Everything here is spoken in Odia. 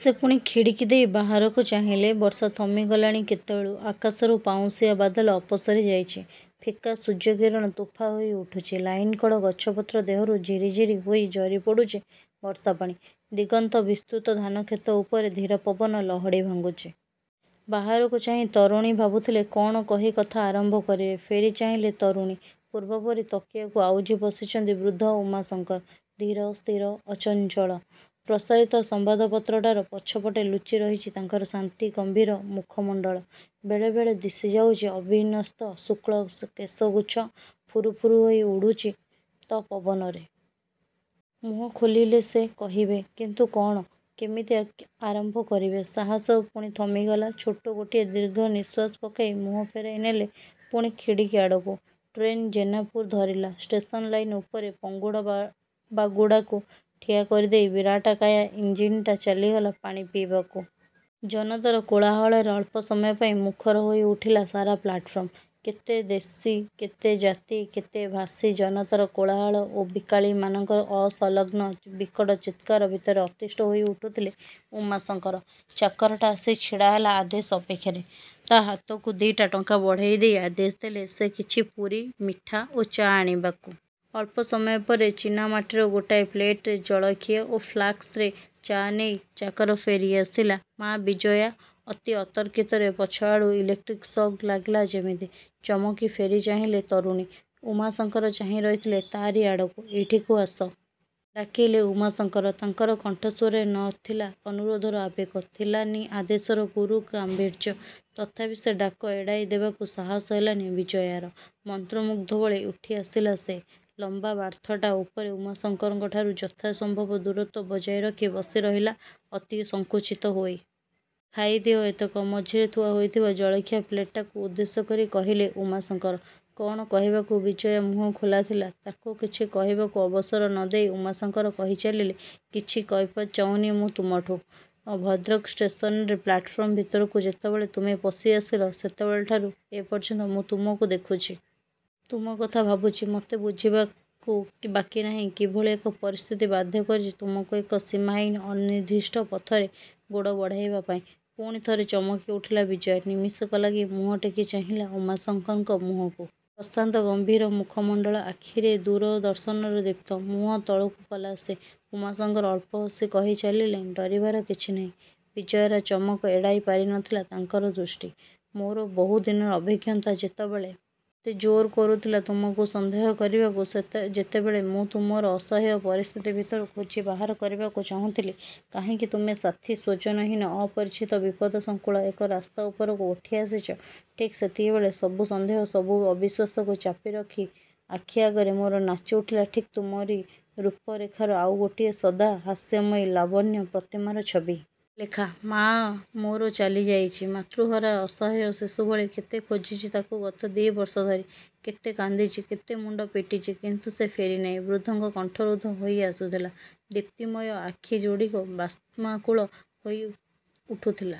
ସେ ପୁଣି ଖିଡ଼ିକି ଦେଇ ବାହାରକୁ ଚାହିଁଲେ। ବର୍ଷା ଥମି ଗଲାଣି କେତେବେଳୁ। ଆକାଶରୁ ପାଉଁଶିଆ ବାଦଲ ଅପସରି ଯାଇଛି। ଫିକା ସୂର୍ଯ୍ୟ କିରଣ ତୋଫା ହୋଇ ଉଠୁଛି। ଲାଇନ କଡ଼ ଗଛପତ୍ର ଦେହରୁ ଝିରିଝିରି ହୋଇ ଝରି ପଡ଼ୁଛି ବର୍ଷା ପାଣି। ଦିଗନ୍ତ ବିସ୍ତୃତ ଧାନ କ୍ଷେତ ଉପରେ ଧୀର ପବନ ଲହଡ଼ି ଭାଙ୍ଗୁଛି। ବାହାରକୁ ଚାହିଁ ତରୁଣୀ ଭାବୁଥିଲେ କ'ଣ କହି କଥା ଆରମ୍ଭ କରିବେ। ଫେରି ଚାହିଁଲେ ତରୁଣୀ। ପୂର୍ବପରି ତକିଆକୁ ଆଉଜି ବସିଛନ୍ତି ବୃଦ୍ଧ ଉମାଶଙ୍କର। ଧୀର, ସ୍ଥିର, ଅଚଞ୍ଚଳ। ପ୍ରସାରିତ ସମ୍ଵାଦପତ୍ରଟାର ପଛ ପଟେ ଲୁଚି ରହିଚି ତାଙ୍କର ଶାନ୍ତି ଗମ୍ଭୀର ମୁଖ ମଣ୍ତଳ। ବେଳେ ବେଳେ ଦିଶି ଯାଉଚି ଅବିନ୍ୟସ୍ତ ଶୁକ୍ଳ କେଶଗୁଚ୍ଛ, ଫୁରୁ ଫୁରୁ ହୋଇ ଉଡ଼ୁଚିତ ପବନରେ। ମୁହଁ ଖୋଲିଲେ ସେ। କହିବେ। କିନ୍ତୁ କ'ଣ…? କେମିତି ଆରମ୍ଭ କରିବେ? ସାହସ ପୁଣି ଥମି ଗଲା। ଛୋଟ ଗୋଟିଏ ଦୀର୍ଘ ନିଶ୍ଵାସ ପକାଇ ମୁହଁ ଫେରାଇ ନେଲେ ପୁଣି ଖିଡ଼ିକି ଆଡ଼କୁ। ଟ୍ରେନ୍ ଜେନାପୁର ଧରିଲା। ଷ୍ଟେସନ ଲାଇନ୍ ଉପରେ ପଙ୍ଗୁଡ଼ବାଗୁଡ଼ାକୁ ଠିଆ କରିଦେଇ ବିରାଟକାୟ ଇଞ୍ଜିନ୍ଟା ଚାଲିଗଲା ପାଣି ପିଇବାକୁ। ଜନତାର କୋଳାହଳରେ ଅଳ୍ପସମୟ ପାଇଁ ମୁଖର ହୋଇ ଉଠିଲା ସାରା ପ୍ଲାଟଫର୍ମ। କେତେ ଦେଶି—କେତେ ଜାତି—କେତେ ଭାଷି, ଜନତାର କୋଳାହଳ ଓ ବିକାଳିମାନଙ୍କର ଅସଂଲଗ୍ନ ବିକଟ ଚିତ୍କାର ଭିତରେ ଅତିଷ୍ଠ ହୋଇ ଉଠୁଥିଲେ ଉମାଶଙ୍କର। ଚାକରଟି ଆସି ଛିଡ଼ାହେଲା ଆଦେଶ ଅପେକ୍ଷାରେ। ତା' ହାତକୁ ଦି'ଟା ଟଙ୍କା ବଢ଼ାଇ ଦେଇ ଆଦେଶ ଦେଲେ ସେ କିଛି ପୁରି, ମିଠା ଓ ଚା ଆଣିବାକୁ। ଅଳ୍ପସମୟ ପରେ ଚିନାମାଟିର ଗୋଟାଏ ପ୍ଲେଟରେ ଜଳଖିଆ ଓ ଫ୍ଲାଷ୍କରେ ଚା' ନେଇ ଚାକର ଫେରି ଆସିଲା। "ମା ବିଜୟା। '' ଅତି ଅତର୍କିତରେ ପଛଆଡ଼ୁ ଇଲେକ୍ଟ୍ରିକ୍ ସକ୍ ଲାଗିଲା ଯେମିତି, ଚମକି ଫେରି ଚାହିଁଲେ ତରୁଣୀ। ଉମାଶଙ୍କର ଚାହିଁ ରହିଥିଲେ ତା'ରି ଆଡ଼କୁ। "ଏଇଠିକୁ ଆସ। '' ଡାକିଲେ ଉମାଶଙ୍କର। ତାଙ୍କର କଣ୍ଠସ୍ଵରରେ ନ ଥିଲା ଅନୁରୋଧର ଆବେଗ। ଥିଲା ନି ଆଦେଶର ଗୁରୁ ଗାମ୍ଭୀର୍ଯ୍ୟ। ତଥାପି ସେ ଡାକ ଏଡ଼ାଇ ଦେବାକୁ ସାହାସ ହେଲାନି ବିଜୟାର। ମନ୍ତ୍ରମୁଗ୍ଧ ଭଳି ଉଠି ଆସିଲା ସେ। ଲମ୍ଵା ବାର୍ଥଟା ଉପରେ ଉମାଶଙ୍କରଙ୍କ ଠାରୁ ଯଥା ସମ୍ଭବ ଦୂରତ୍ଵ ବଜାୟ ରଖି ବସି ରହିଲା ଅତି ସଙ୍କୁଚିତ ହୋଇ। "ଖାଇ ଦିଅ ଏତକ। '' ମଝିରେ ଥୁଆ ହୋଇଥିବା ଜଳଖିଆ ପ୍ଲେଟଟାକୁ ଉଦ୍ଦେଶ୍ୟ କରି କହିଲେ—ଉମାଶଙ୍କର। କ'ଣ କହିବାକୁ ବିଜୟା ମୁହଁ ଖୋଲାଥିଲା। ତାକୁ କିଛି କହିବାକୁ ଅବସର ନ ଦେଇ ଉମାଶଙ୍କର କହି ଚାଲିଲେ—"କିଛି। କୈଫତ ଚାହୁଁନି ମୁଁ ତମଠୁଁ। '' ଭଦ୍ରକ ଷ୍ଟେସନରେ ପ୍ଲାଟଫର୍ମ ଭିତରକୁ ଯେତେବେଳେ ତୁମେ ପଶି ଆସିଲ, ସେତେବେଳ ଠାରୁ ଏ ପର୍ଯ୍ୟନ୍ତ ମୁଁ ତୁମକୁ ଦେଖୁଚି। ତୁମ କଥା ଭାବୁଚି। ମୋତେ ବୁଝିବାକୁ ବାକି ନାହିଁ କିଭଳି ଏକ ପରିସ୍ଥିତି ବାଧ୍ୟ କରିଛି ତୁମକୁ ଏକ ସୀମାହୀନ ଅନିର୍ଦ୍ଦିଷ୍ଟ ପଥରେ ଗୋଡ଼ ବଢ଼ାଇବା ପାଇଁ…। '' ପୁଣି ଥରେ ଚମକି ଉଠିଲା ବିଜୟା। ନିମିଷକ ଲାଗି ମୁହଁ ଟେକି ଚାହିଁଲା ଉମାଶଙ୍କରଙ୍କ ମୁହଁକୁ। ପ୍ରଶାନ୍ତ ଗମ୍ଭୀର ମୁଖ ମଣ୍ଡଳ। ଆଖିରେ ଦୂର ଦର୍ଶନର ଦୀପ୍ତ। ମୁହଁ ତଳକୁ କଲା ସେ। ଉମାଶଙ୍କର ଅଳ୍ପ ହସି କହି ଚାଲିଲେ—। "ଡରିବାର କିଛି ନାହିଁ। '' ବିଜୟାର ଚମକ ଏଡ଼ାଇ ପାରି ନ ଥିଲା ତାଙ୍କର ଦୃଷ୍ଟି। ମୋର ବହୁଦିନର ଅଭିଜ୍ଞତା ଯେତେବେଳେ ମୋତେ ଜୋର କରୁଥିଲା ତୁମକୁ ସନ୍ଦେହ କରିବାକୁ, ଯେତେବେଳେ ମୁଁ ତୁମର ଅସହାୟ ପରିସ୍ଥିତି ଭିତରୁ ଖୋଜି ବାହାର କରିବାକୁ ଚାହୁଁଥିଲି କାହିଁକି ତୁମେ ସାଥି ସ୍ଵଜନହୀନ, ଅପରିଚିତ ବିପଦ ସଙ୍କୁଳ ଏକ ରାସ୍ତା ଉପରକୁ ଉଠି ଆସିଚ, ଠିକ୍ ସେତିକିବେଳେ ସବୁ ସନ୍ଦେହ ସବୁ ଅବିଶ୍ୱାସକୁ ଚାପି ରଖି ଆଖି ଆଗରେ ମୋର ନାଚି ଉଠିଲା ଠିକ୍ ତୁମରି ରୂପ ରେଖାର ଆଉ ଗୋଟିଏ ସଦା–ହାସ୍ୟମୟୀ ଲାବଣ୍ୟ ପ୍ରତିମାର ଛବି। ଲେଖା! ମା' ମୋର ଚାଲି ଯାଇଛି। ମାତୃହରା ଅସହାୟ ଶିଶୁ ଭଳି କେତେ ଖୋଜିଚି ତାକୁ ଗତ ଦି' ବର୍ଷ ଧରି। କେତେ କାନ୍ଦିଚି। କେତେ ମୁଣ୍ଡ ପିଟିଛି। କିନ୍ତୁ ସେ ଫେରିନାହିଁ…..। '' ବୃଦ୍ଧଙ୍କ କଣ୍ଠ ରୋଧ ହୋଇ ଆସୁଥିଲା। ଦିପ୍ତୀମୟ ଆଖି ଯୋଡ଼ିକ ବାଷ୍ମାକୁଳ ହୋଇ ଉଠୁଥିଲା।